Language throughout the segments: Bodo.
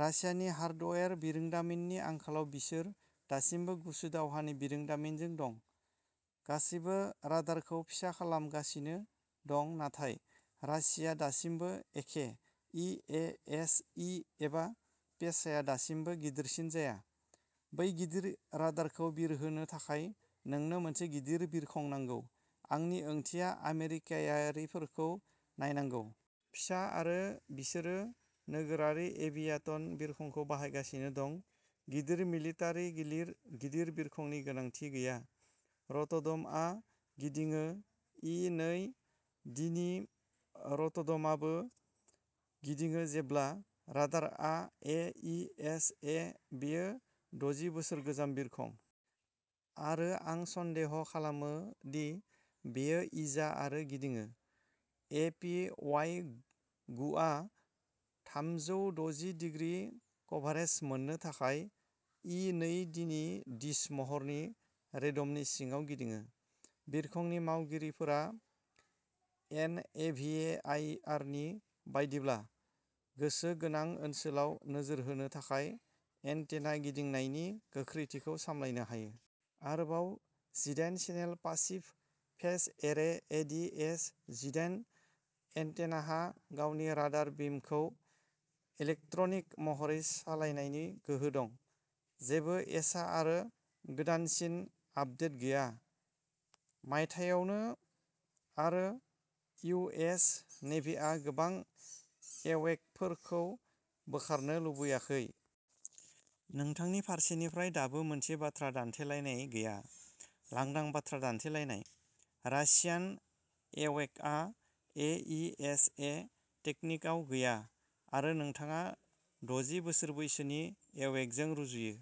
रासियानि हार्डवेर, बिरोंदामिननि आंखालाव बिसोर दासिमबो गुसु दावहानि बिरोंदामिनजों दं। गासैबो राडारखौ फिसा खालामगासिनो दं नाथाय रासिया दासिमबो एखे, इ ए एस इ एबा पेसाया दासिमबो गिदिरसिन जाया। बै गिदिर राडारखौ बिरहोनो थाखाय नोंनो मोनसे गिदिर बिरखं नांगौ, आंनि ओंथिया आमेरिकायारिफोरखौ नायनांगौ। फिसा आरो बिसोरो नोगोरारि एभियाटन बिरखंखौ बाहायगासिनो दं। गिदिर मिलिटारि गिलिर गिदिर बिरखंनि गोनांथि गैया। र'ट'ड'मआ गिदिङो। इ नै डिनि रटडमाबो गिदिङो जेब्ला राडारआ ए इ एस ए। बेयो दजि बोसोर गोजाम बिरखं। आरो आं सन्देह खालामो दि बेयो इजा आरो गिदिङो। ए पि वाइ गु आ थामजौ दजि दिग्रि कभारेज मोननो थाखाय इ नै डिनि डिश महरनि रेड'मनि सिङाव गिदिङो, बिरखंनि मावगिरिफोरा एनएभिएआइआरनि बायदिब्ला गोसो गोनां ओनसोलाव नोजोर होनो थाखाय एन्टेना गिदिंनायनि गोख्रैथिखौ सामलायनो हायो। आरोबाव, जिदाइन channel passive phase array A D S जिदाइन एन्टेनाहा गावनि राडार बिमखौ इलेक्ट्रनिक महरै सालायनायनि गोहो दं। जेबो एसा आरो गोदानसिन आपदेट गैया। मायथाइयावमोन, आरो इउएस नेभिआ गोबां एवेकफोरखौ बोखारनो लुबैयाखै। नोंथांनि फारसेनिफ्राय दाबो मोनसे बाथ्रा दान्थेलायनाय गैया, लांदां बाथ्रा दान्थेलायनाय। रासियान एवेकआ ए इ एस ए टेकनिकआव गैया आरो नोंथाङा दजि बोसोर बैसोनि एवेकजों रुजुयो,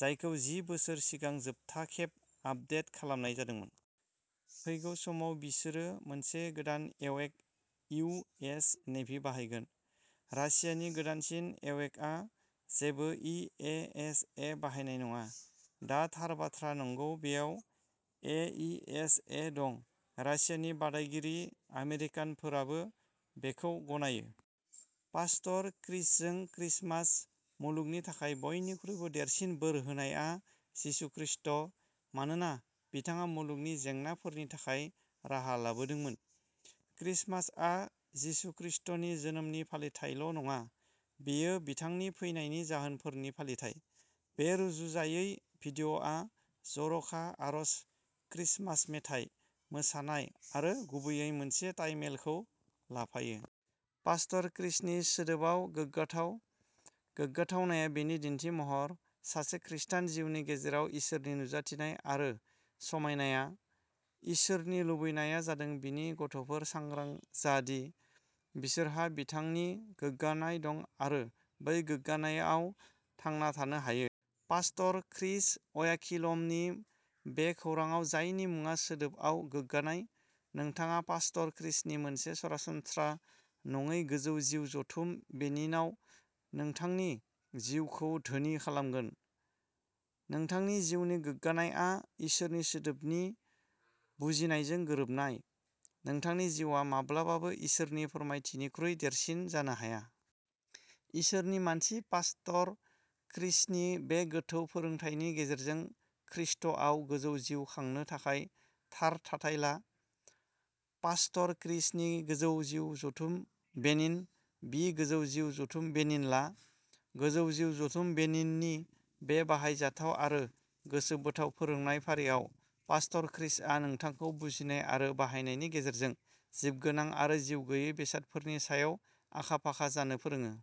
जायखौ जि बोसोर सिगां जोबथा खेब आपदेट खालामनाय जादोंमोन। फैगौ समाव बिसोरो मोनसे गोदान एवेक इउ एस नेभि बाहायगोन। रासियानि गोदानसिन एवेकआ जेबो इ ए एस ए बाहायनाय नङा, दा थार बाथ्रा। नंगौ, बेयाव ए इ एस ए दं। रासियानि बादायगिरि आमेरिकानफोराबो बेखौ गनायो। पास्टर क्रिसजों क्रिसमास। मुलुगनि थाखाय बयनिख्रुइबो देरसिन बोर होनायआ जिसु क्रिस्ट मानोना बिथाङा मुलुगनि जेंनाफोरनि थाखाय राहा लाबोदोंमोन। क्रिसमासआ जिसु क्रिस्टनि जोनोमनि फालिथायल'नङा बेयो बिथांनि फैनायनि जाहोनफोरनि फालिथाय। बे रुजुजायै भिडिय'आ जर'खा आरज, क्रिसमास मेथाइ, मोसानाय आरो गुबैयै मोनसे टाइमेलखौ लाफायो। पास्टर क्रिसनि सोदोबआव गोग्गाथाव। गोग्गाथावनाया बेनि दिन्थिमहर। सासे ख्रिस्टान जिउनि गेजेराव इसोरनि नुजाथिनाय आरो समायनाया। इसोरनि लुबैनाया जादों बिनि गथ'फोरा सांग्रां जा दि बिसोरहा बिथांनि गोग्गानाय दं आरो बै गोग्गानायआव थांना थानो हायो। पास्टर क्रिस अयाखिल'मनि बे खौरांआव जायनि मुङा सोदोबआव गोग्गानाय, नोंथाङा पास्टर क्रिसनि मोनसे सरासनस्रा नङै गोजौ जिउ जथुम बेनिनाव नोंथांनि जिउखौ धोनि खालामगोन। नोंथांनि जिउनि गोग्गानायआ इसोरनि सोदोबनि बुजिनायजों गोरोबनाय। नोंथांनि जिउआ माब्लाबाबो इसोरनि फोरमायथिनिख्रुइ देरसिन जानो हाया। इसोरनि मानसि पास्टर क्रिसनि बे गोथौ फोरोंथायनि गेजेरजों ख्रिस्ट’आव गोजौ जिउ खांनो थाखाय थार थाथाय ला। पास्टर क्रिसनि गोजौ जिउ जथुम बेनिन बि गोजौ जिउ जथुम बेनिन ला। गोजौ जिउ जथुम बेनिननि बे बाहायजाथाव आरो गोसोबोथाव फोरोंनाय फारिआव, पास्टर क्रिसआ नोंथांखौ बुजिनाय आरो बाहायनायनि गेजेरजों जिबगोनां आरो जिउगैयै बेसादफोरनि सायाव आखा-फाखा जानो फोरोङो।